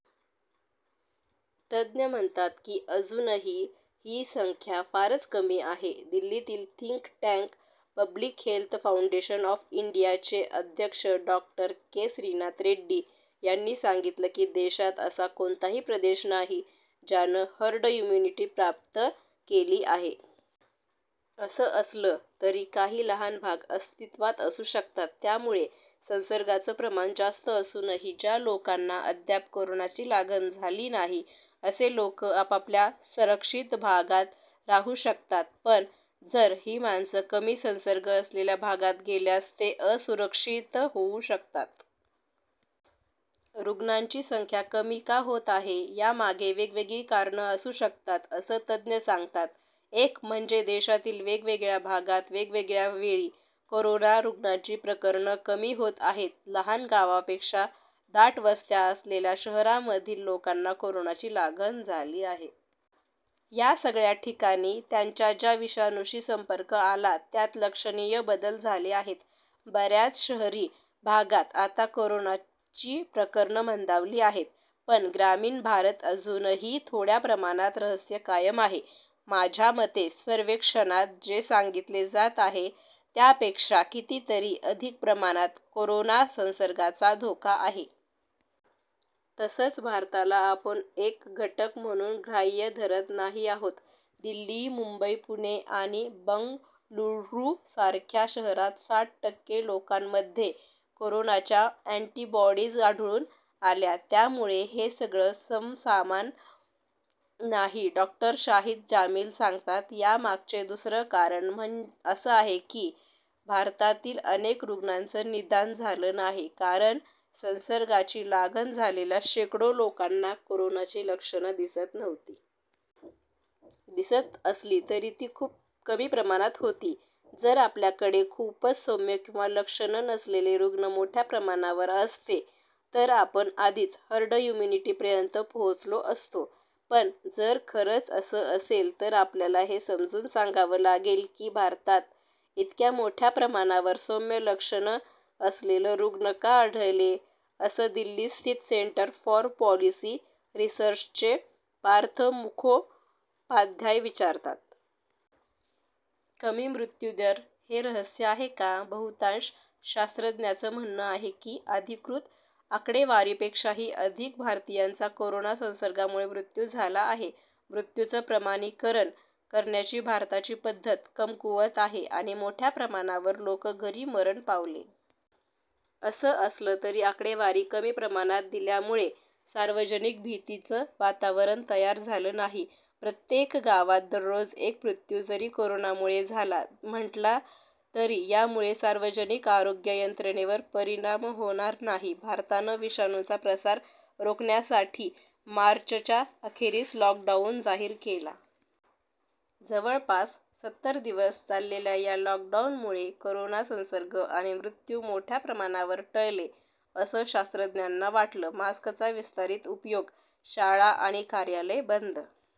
तज्ञ म्हणतात की अजूनही ही संख्या फारच कमी आहे. दिल्लीतील think tank 'public health foundation of इंडिया'चे अध्यक्ष डॉ. के श्रीनाथ रेड्डी यांनी सांगितलं की देशात असा कोणताही प्रदेश नाही ज्यानं हर्ड इम्यूनिटी प्राप्त केली आहे. असं असलं तरी काही लहान भाग अस्तित्त्वात असू शकतात. त्यामुळे संसर्गाचं प्रमाण जास्त असूनही ज्या लोकांना अद्याप कोरोनाची लागण झाली नाही असे लोक आपापल्या संरक्षित भागात राहू शकतात. पण, जर ही माणसं कमी संसर्ग असलेल्या भागात गेल्यास ते असुरक्षित होऊ शकतात. रुग्णांची संख्या कमी का होत आहे? यामागे वेगेवगेळी कारणं असू शकतात असं तज्ञ सांगतात. एक म्हणजे देशातील वेगवेगळ्या भागांत वेगवेगळ्या वेळी कोरोना रुग्णांची प्रकरणं कमी होत आहेत. लहान गावांपेक्षा दाटवस्त्या असलेल्या शहरांमधील लोकांना कोरोनाची लागण झाली आहे. या सगळ्या ठिकाणी त्यांचा ज्या विषाणूशी संपर्क आला त्यात लक्षणीय बदल झाले आहेत. बर्याच शहरी भागात आता कोरोनाची प्रकरणं मंदावली आहेत पण ग्रामीण भारत अजूनही थोड्या प्रमाणात रहस्य कायम आहे. माझ्या मते सर्वेक्षणात जे सांगितलं जात आहे त्यापेक्षा कितीतरी अधिक प्रमाणात कोरोना संसर्गाचा धोका आहे. तसंच भारताला आपण एक घटक म्हणून ग्राह्य धरत नाही आहोत. दिल्ली, मुंबई, पुणे आणि बंगळुरूसारख्या शहरांत साठ टक्के लोकांमध्ये कोरोनाच्या अँटिबॉडीज आढळून आल्या. त्यामुळे हे सगळं समसमान नाही डॉ. शाहीद जामिल सांगतात. यामागचे दुसरं कारण असं आहे की भारतातील अनेक रुग्णांचं निदान झालं नाही, कारण संसर्गाची लागण झालेल्या शेकडो लोकांना कोरोनाची लक्षणं दिसत नव्हती. दिसत असली तरी ती खूप कमी प्रमाणात होती. जर आपल्याकडे खूपच सौम्य किंवा लक्षणं नसलेले रुग्ण मोठ्या प्रमाणावर असते, तर आपण आधीच हर्ड इम्यूनिटीपर्यंत पोहोचलो असतो. पण, जर खरंच असं असेल तर आपल्याला हे समजून सांगावं लागेल की, भारतात इतक्या मोठ्या प्रमाणावर सौम्य लक्षणं असलेलं रुग्ण का आढळले असं दिल्लीस्थित सेंटर फॉर पॉलिसी रिसर्चचे पार्थ मुखोपाध्याय विचारतात. कमी मृत्यूदर हे रहस्य आहे का? बहुतांश शास्त्रज्ञांचं म्हणणं आहे की, अधिकृत आकडेवारीपेक्षाही अधिक भारतीयांचा कोरोना ससंर्गामुळे मृत्यू झाला आहे. मृत्यूचं प्रमाणीकरण करण्याची भारताची पद्धत कमकुवत आहे आणि मोठ्या प्रमाणावर लोक घरी मरण पावले. असं असलं तरी आकडेवारी कमी प्रमाणात दिल्यामुळे सार्वजनिक भीतीचं वातावरण तयार झालं नाही. प्रत्येक गावात दररोज एक मृत्यू जरी कोरोनामुळे झाला म्हटला तरी यामुळे सार्वजनिक आरोग्य यंत्रणेवर परिणाम होणार नाही. भारतानं विषाणूचा प्रसार रोखण्यासाठी मार्चच्या अखेरीस लॉकडाऊन जाहीर केला. जवळपास सत्तर दिवस चाललेल्या या लॉकडाऊनमुळे कोरोना संसर्ग आणि मृत्यू मोठ्या प्रमाणावर टळले, असं शास्त्रज्ञांना वाटतं. मास्कचा विस्तारित उपयोग, शाळा आणि कार्यालय बंद